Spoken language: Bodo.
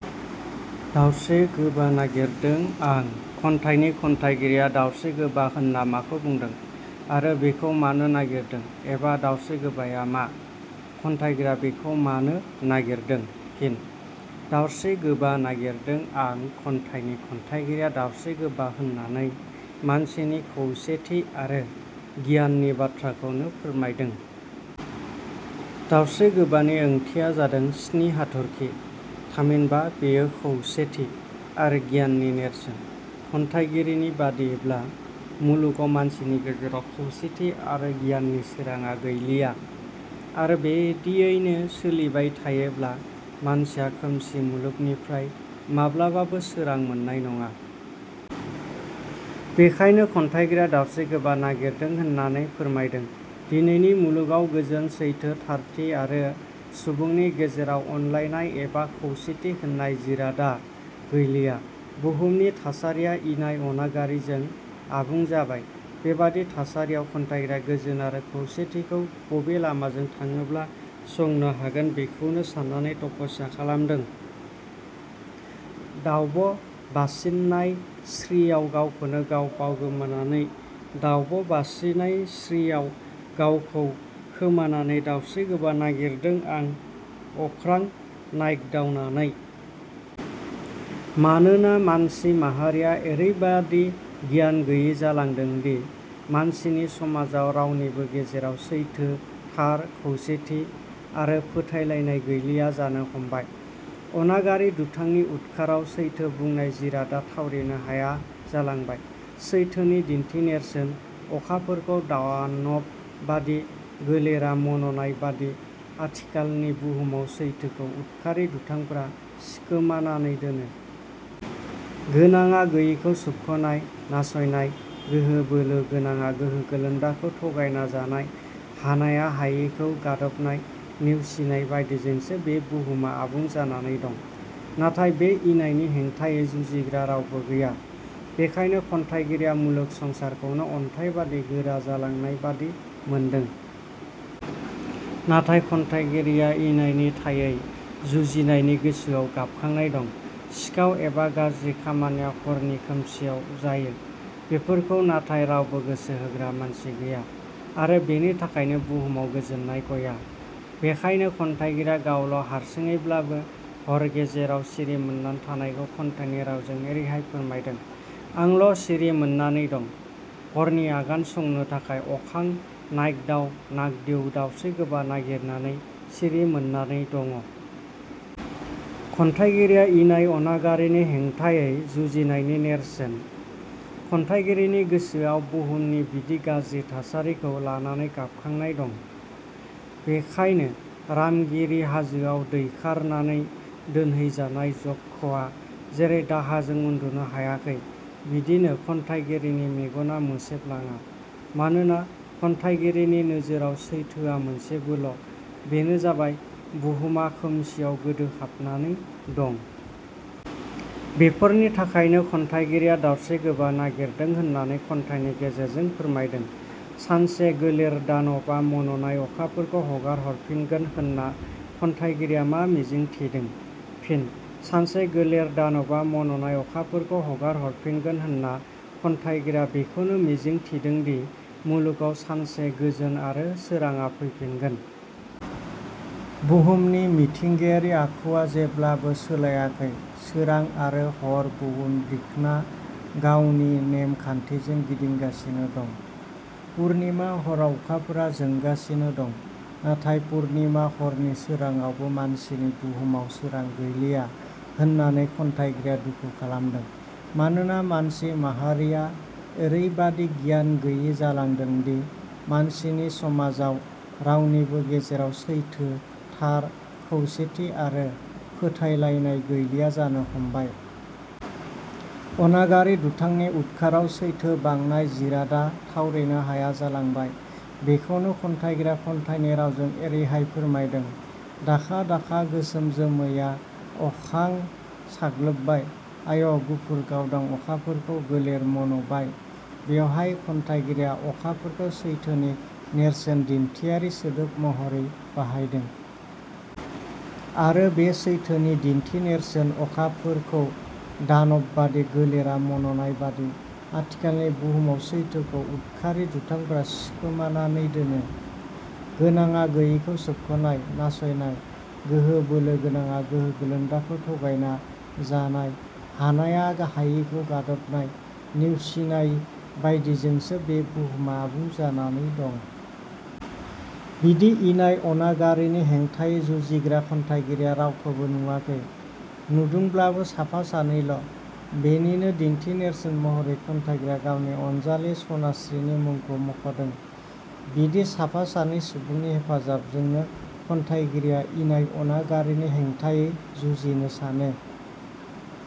'दाउस्रि गोबा नागिरदों आं' खन्थाइनि खन्थाइगिरिया दावस्रिगोबा होनना माखौ बुंदों आरो बेखौ मानो नागिरदों? "एबा" दावस्रि गोबाया मा? खन्थाइगिरिया बेखौ मानो नागिरदों? फिन: 'दावस्रि गोबा नागिरदों आं' खन्थाइनि खन्थाइगिरिया दावस्रिगोबा होननानै मानसिनि खौसेथि आरो गियाननि बाथ्राखौनो फोरमायदों। दावस्रि गोबानि ओंथिया जादों स्नि हाथरखि, थामहिनबा बेयो खौसेथि आरो गियाननि नेरसोन। खन्थाइगिरिनि बादियैब्ला मुलुगाव मानसिनि गेजेराव खौसेथि आरो गियाननि सोराङा गैलिया। आरो बिदियैनो सोलिबाय थायोब्ला मानसिया खोमसि मुलुगनिफ्राय माब्लाबाबो सोरां मोननाय नङा। बेखायनो खन्थाइगिरिया दावस्रिगोबा नागिरदों होननानै फोरमायदों। दिनैनि मुलुगाव गोजोन, सैथो, थारथि आरो सुबुंनि गेजेराव अनलायनाय एबा खौसेथि होननाय जिरादा गैलिया। बुहुमनि थासारिया इनाय अनागारिजों आबुं जाबाय। बेबादि थासारियाव खन्थाइगिरिया गोजोन आरो खौसेथिखौ बबे लामाजों थाङोब्ला संनो हागोन बेखौनो साननानै तपस्या खालामदों दाउब' बास्निनाय स्त्रियाव गावखौनो गाव बावगोमानानै- दाउब' बास्रिनाय स्रियाव गावखौ खोमानानै दावस्रिगोबा नागिरदों आं अख्रां नायग्दाउनानै। मानोना मानसि माहारिया एरैबादि गियान गैयि जालांदोंदि, मानसिनि समाजाव रावनिबो गेजेराव सैथो, थार, खौसेथि आरो फोथायलायनाय गैलिया जानो हमबाय। अनागारि दुथांनि उदखाराव सैथो बुंनाय जिरादा थावरिनो हाया जालांबाय। सैथोनि दिन्थिनेरसोन अखाफोरखौ दानब बादि गोलेरा मन 'नाय बादि आथिखालनि बुहुमाव सैथौखौ उदखारि दुथांफोरा सिखमानानै दोनो। गोनाङा गैयिखौ सोबख 'नाय, नासयनाय, गोहो-बोलो गोनाङा गोहो गोलोन्दाखौ थगायना जानाय, हानाया हायिखौ गादबनाय, नेवसिनाय बायदिजोंसो बे बुहुमा आबुं जानानै दं। नाथाय बे इनायनि हेंथायै जुजिग्रा रावबो गैया। बेखायनो खन्थाइगिरिया मुलुग संसारखौनो अन्थाइबादि गोरा जालांनायबादि मोनदों। नाथाय खन्थाइगिरिया इनायनि थायै जुजिनायनि गोसोआव गाबखांनाय दं। सिखाव एबा गाज्रि खामानिया हरनि खोमसियाव जायो, बेफोरखौ नाथाय रावबो गोसो होग्रा मानसि गैया, आरो बेनि थाखायनो बुहुमाव गोजोननाय गया। बेखायनो खन्थाइगिरिया गावल' हारसिङैब्लाबो हर गेजेराव सिरि मोननानै थानायखौ खन्थाइनि रावजों एरैहाय फोरमायदों- आल' सिरि मोननानै दं, हरनि आगान संनो थाखाय अखां नायग्दाव नाग्दिउ दावस्रिगोबा नागिरनानै सिरि मोननानै दङ। खन्थाइगिरिया इनाय अनागारिनि हेंथायै जुजिनायनि नेरसोन, खन्थाइगिरिनि गोसोआव बहुमनि बिदि गाज्रि थासारिख़ौ लानानै गाबखांनाय दं। बेखायनो रामगिरि हाजोआव दैखारनाने दोनहैजानाय जक्षआ जेरै दाहाजों उन्दुनो हायाखै बिदिनो खन्थाइगिरिनि मेगना मोसेबलाङा। मानोना खन्थाइगिरिनि नोजोराव सैथोआ मोनसेबोल', बेनो जाबाय बुहुमा खोमसियाव गोदोहाबनानै दं। बेफोरनि थाखायनो खन्थाइगिरिया दावस्रिगोबा नागिरदों होननानै खन्थाइनि गेजेरजों फोरमायदों।. 'सानसे गोलेर दानबा मन 'नाय अखाफोरखौ हगारहरफिनगोन'-होनना खन्थाइगिरिया मा मिजिंथिदों? फिन: 'सानसे गोलेर दानवा मन'नाय अखाफोरखौ हगारहरफिनगोन' होनना खन्थाइगिरिया बेखौनो मिजिंथिदोंदि मुलुगाव सानसे गोजोन आरो सोराङा फैफिनगोन। बुहुमनि मिथिंगायारि आखुवा जेब्लाबो सोलायाखै, सोरां आरो हर बुहुम दिखना गावनि नेम खान्थिजों गिदिंगासिनो दं, पुरनिमा हराव अखाफोरा जोंगासिनो दं। नाथाय पुरनिमा हरनि सोराङावबो मानसिनि बुहुमाव सोरां गैलिया होननानै खन्थाइगिरिया दुखु खालामदों। मानोना मानसि माहारिया एरैबादि गियान गैयि जालांदोंदि, मानसिनि समाजाव रावनिबो गेजेराव सैथो, थार, खौसेथि आरो फोथायलायनाय गैलिया जानो हमबाय। अनागारि दुथांनि उदखाराव सैथो बांनाय जिरादा थावरिनो हाया जालांबाय, बेखौनो खन्थाइगिरिया खन्थाइनि रावजों एरैहाय फोरमायदों- दाखा दाखा गोसोम जोमैया अखां साग्लोबबाय, आय'! गुफुर गावदां अखाफोरखौ गोलेर मन 'बाय। बेवहाय खन्थाइगिरिया अखाफोरखौ सैथोनि नेरसोनदिन्थियारि सोदोब महरै बाहायदों। आरो बे सैथोनि दिन्थिनेरसोन अखाफोरखौ दानब बादि गोलेरा मन'नाय बादि आथिखालनि बुहुमाव सैथोखौ उदखारि दुथांफोरा सिखमानानै दोनो। गोनाङा गैयिखौ सोबख 'नाय, नासयनाय, गोहो- बोलो गोनाङा गोहो गोलोन्दाखौ थगायना जानाय, हानाया हायिखौ गादबनाय, नेवसिनाय बायदिजोंसो बे बुहुमा आबुं जानानै दं। बिदि इनाय अनागारिनि हेंथायै जुजिग्रा खन्थाइगिरिया रावखौबो नुवाखै। 'नुदोंब्लाबो साफा सानैल', बेनिनो दिन्थिनेरसोन महरै खन्थाइगिरिया गावनि अनजालि 'सनास्रि' नि मुंखौ मख'दों। बिदि साफा सानै सुबुंनि हेफाजाबजोंनो खन्थाइगिरिया इनाय अनगारिनि हेंथायै जुजिनो सानो।